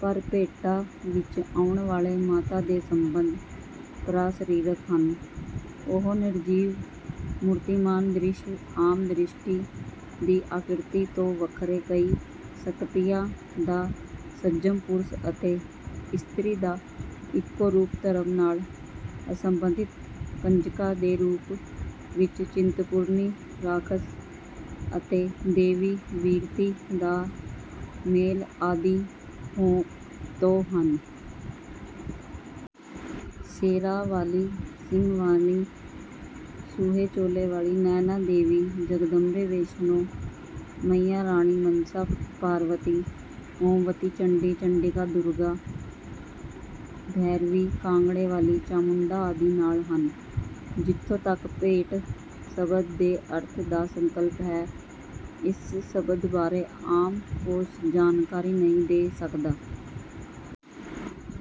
ਪਰ ਭੇਟਾਂ ਵਿੱਚ ਆਉਣ ਵਾਲੇ ਮਾਤਾ ਦੇ ਸੰਬੰਧ ਪਰਾ-ਸਰੀਰਕ ਹਨ। ਉਹ ਨਿਰਜੀਵ ਮੂਰਤੀਮਾਨ ਦ੍ਰਿਸ਼, ਆਮ ਦ੍ਰਿਸ਼ਟੀ ਦੀ ਆਕ੍ਰਿਤੀ ਤੋਂ ਵੱਖਰੇ, ਕਈ ਸ਼ਕਤੀਆਂ ਦਾ ਸੰਜਮ, ਪੁਰਸ਼ ਅਤੇ ਇਸਤਰੀ ਦਾ ਇੱਕੋ ਰੂਪ, ਧਰਮ ਨਾਲ ਅਸਬੰਧਿਤ, ਕੰਜਕਾਂ ਦੇ ਰੂਪ ਵਿੱਚ ਚਿੰਤਪੁਰਨੀ, ਰਾਖਸ਼ ਅਤੇ ਦੇਵੀ ਵਰਿਤੀ ਦਾ ਮੇਲ ਆਦਿ ਤੋਂ ਹਨ। ਸ਼ੇਰਾਂ ਵਾਲ਼ੀ, ਸਿੰਘ ਵਾਹਨੀ, ਸੂਹੇ ਚੋਲੇ ਵਾਲ਼ੀ, ਨੈਣਾ ਦੇਵੀ, ਜਗਦੰਬੇ, ਵੈਸ਼ਨੋ, ਮਈਆ ਰਾਣੀ, ਮਨਸਾ, ਪਾਰਬਤੀ, ਹੋਮਵਤੀ, ਚੰਡੀ, ਚੰਡਿਕਾ, ਦੁਰਗਾ, ਭੈਰਵੀ, ਕਾਂਗੜੇ ਵਾਲ਼ੀ, ਚਾਮੁੰਡਾ ਆਦਿ ਨਾਮ ਹਨ। ਜਿੱਥੋਂ ਤੱਕ 'ਭੇਟ' ਸ਼ਬਦ ਦੇ ਅਰਥ ਦਾ ਸੰਕਲਪ ਹੈ, ਇਸ ਸ਼ਬਦ ਬਾਰੇ ਆਮ ਕੋਸ਼ ਜਾਣਕਾਰੀ ਨਹੀਂ ਦੇ ਸਕਦਾ।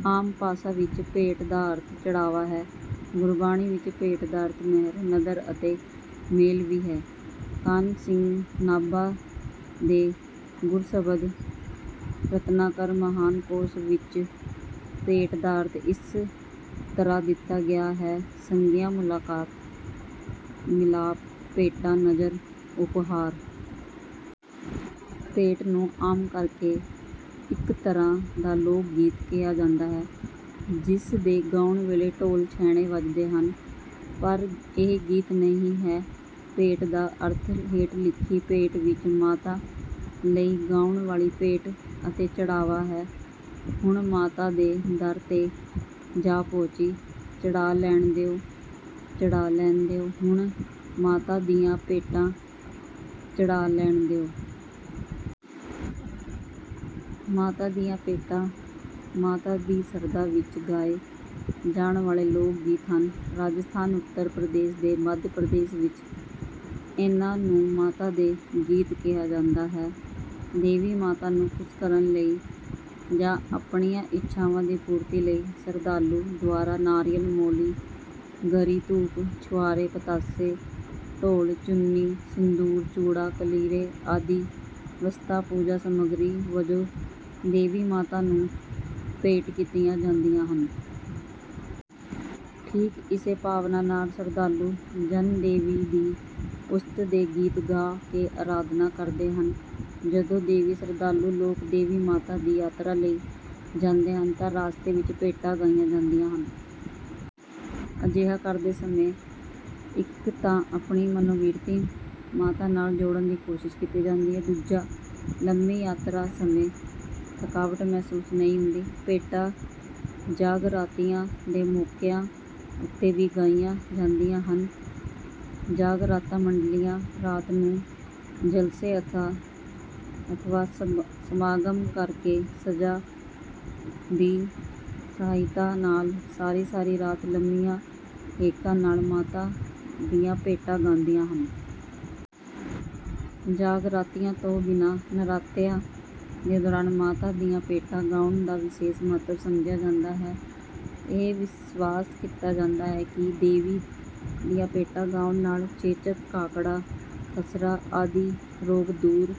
ਆਮ ਭਾਸ਼ਾ ਵਿੱਚ ਭੇਟ ਦਾ ਅਰਥ ਚੜ੍ਹਾਵਾ ਹੈ। ਗੁਰਬਾਣੀ ਵਿੱਚ ਭੇਟ ਦਾ ਅਰਥ ਮਿਹਰ, ਨਦਰ ਅਤੇ ਮੇਲ ਵੀ ਹੈ। ਕਾਨ੍ਹ ਸਿੰਘ ਨਾਭਾ ਦੇ ਗੁਰਸ਼ਬਦ ਰਤਨਾਕਰ ਮਹਾਨ ਕੋਸ਼ ਵਿੱਚ ਭੇਟ ਦਾ ਅਰਥ ਇਸ ਤਰ੍ਹਾਂ ਦਿੱਤਾ ਗਿਆ ਹੈ: ਸੰਗਿਆ- ਮੁਲਾਕਾਤ, ਮਿਲਾਪ, ਭੇਟਾ, ਨਜ਼ਰ, ਉਪਹਾਰ। ਭੇਟ ਨੂੰ ਆਮ ਕਰ ਕੇ ਇੱਕ ਤਰ੍ਹਾਂ ਦਾ ਲੋਕ ਗੀਤ ਕਿਹਾ ਜਾਂਦਾ ਹੈ, ਜਿਸ ਦੇ ਗਾਉਣ ਵੇਲੇ ਢੋਲ, ਛੈਣੇ ਵੱਜਦੇ ਹਨ, ਪਰ ਇਹ ਗੀਤ ਨਹੀਂ ਹੈ। ਭੇਟ ਦਾ ਅਰਥ ਹੇਠ ਲਿਖੀ ਭੇਟ ਵਿੱਚ ਮਾਤਾ ਲਈ ਗਾਉਣ ਵਾਲ਼ੀ ਭੇਟ ਅਤੇ ਚੜ੍ਹਾਵਾ ਹੈ: "ਹੁਣ ਮਾਤਾ ਦੇ ਦਰ ਤੇ ਜਾ ਪਹੁੰਚੀ, ਚੜ੍ਹਾ ਲੈਣ ਦਿਓ, ਚੜ੍ਹਾ ਲੈਣ ਦਿਓ, ਹੁਣ ਮਾਤਾ ਦੀਆਂ ਭੇਟਾਂ ਚੜ੍ਹਾ ਲੈਣ ਦਿਓ"। ਮਾਤਾ ਦੀਆਂ ਭੇਟਾਂ ਮਾਤਾ ਦੀ ਸ਼ਰਧਾ ਵਿੱਚ ਗਾਏ ਜਾਣ ਵਾਲ਼ੇ ਲੋਕ ਗੀਤ ਹਨ। ਰਾਜਸਥਾਨ, ਉੱਤਰ ਪ੍ਰਦੇਸ਼ ਅਤੇ ਮੱਧ ਪ੍ਰਦੇਸ਼ ਵਿੱਚ ਇਹਨਾਂ ਨੂੰ ਮਾਤਾ ਦੇ ਗੀਤ ਕਿਹਾ ਜਾਂਦਾ ਹੈ। ਦੇਵੀ ਮਾਤਾ ਨੂੰ ਖੁਸ਼ ਕਰਨ ਲਈ ਜਾਂ ਆਪਣੀਆਂ ਇੱਛਾਵਾਂ ਦੀ ਪੂਰਤੀ ਲਈ ਸ਼ਰਧਾਲੂ ਦੁਆਰਾ ਨਾਰੀਅਲ, ਮੌਲੀ, ਗਰੀ, ਧੂਪ, ਛੁਆਰੇ, ਪਤਾਸੇ, ਢੋਲ, ਚੁੰਨੀ, ਸਿੰਧੂਰ, ਚੂੜਾ, ਕਲੀਰੇ ਆਦਿ ਵਸਤਾਂ ਪੂਜਾ ਸਮੱਗਰੀ ਵਜੋਂ ਦੇਵੀ ਮਾਤਾ ਨੂੰ ਭੇਟ ਕੀਤੀਆਂ ਜਾਂਦੀਆਂ ਹਨ। ਠੀਕ ਇਸੇ ਭਾਵਨਾ ਨਾਲ ਸ਼ਰਧਾਲੂ ਜਨ ਦੇਵੀ ਦੀ ਉਸਤ ਦੇ ਗੀਤ ਗਾ ਕੇ ਅਰਾਧਨਾ ਕਰਦੇ ਹਨ। ਜਦੋਂ ਦੇਵੀ ਸ਼ਰਧਾਲੂ ਲੋਕ ਦੇਵੀ ਮਾਤਾ ਦੀ ਯਾਤਰਾ ਲਈ ਜਾਂਦੇ ਹਨ ਤਾਂ ਰਸਤੇ ਵਿੱਚ ਭੇਟਾਂ ਗਾਈਆਂ ਜਾਂਦੀਆਂ ਹਨ। ਅਜਿਹਾ ਕਰਦੇ ਸਮੇਂ ਇੱਕ ਤਾਂ ਆਪਣੀ ਮਨੋਬਿਰਤੀ ਮਾਤਾ ਨਾਲ ਜੋੜਨ ਦੀ ਕੋਸ਼ਿਸ਼ ਕੀਤੀ ਜਾਂਦੀ ਹੈ, ਦੂਜਾ ਲੰਮੀ ਯਾਤਰਾ ਸਮੇਂ ਥਕਾਵਟ ਮਹਿਸੂਸ ਨਹੀਂ ਹੁੰਦੀ। ਭੇਟਾਂ ਜਾਗਰਾਤਿਆਂ ਦੇ ਮੌਕਿਆਂ ਉੱਤੇ ਵੀ ਗਾਈਆਂ ਜਾਂਦੀਆਂ ਹਨ। ਜਾਗਰਾਤਾ ਮੰਡਲੀਆਂ ਰਾਤ ਨੂੰ ਜਲਸੇ ਅਥਵਾ ਸਮਾਗਮ ਕਰ ਕੇ ਸਾਜ਼ਾਂ ਦੀ ਸਹਾਇਤਾ ਨਾਲ ਸਾਰੀ-ਸਾਰੀ ਰਾਤ ਲੰਮੀਆਂ ਹੇਕਾਂ ਨਾਲ ਮਾਤਾ ਦੀਆਂ ਭੇਟਾਂ ਗਾਉਂਦੀਆਂ ਹਨ। ਜਾਗਰਾਤਿਆਂ ਤੋਂ ਬਿਨਾਂ ਨਰਾਤਿਆਂ ਦੇ ਦੌਰਾਨ ਮਾਤਾ ਦੀਆਂ ਭੇਟਾਂ ਗਾਉਣ ਦਾ ਵਿਸ਼ੇਸ਼ ਮਹੱਤਵ ਸਮਝਿਆ ਜਾਂਦਾ ਹੈ। ਇਹ ਵਿਸ਼ਵਾਸ ਕੀਤਾ ਜਾਂਦਾ ਹੈ ਕਿ ਦੇਵੀ ਦੀਆਂ ਭੇਟਾਂ ਗਾਉਣ ਨਾਲ ਚੇਚਕ, ਕਾਕੜਾ, ਖਸਰਾ ਆਦਿ ਰੋਗ ਦੂਰ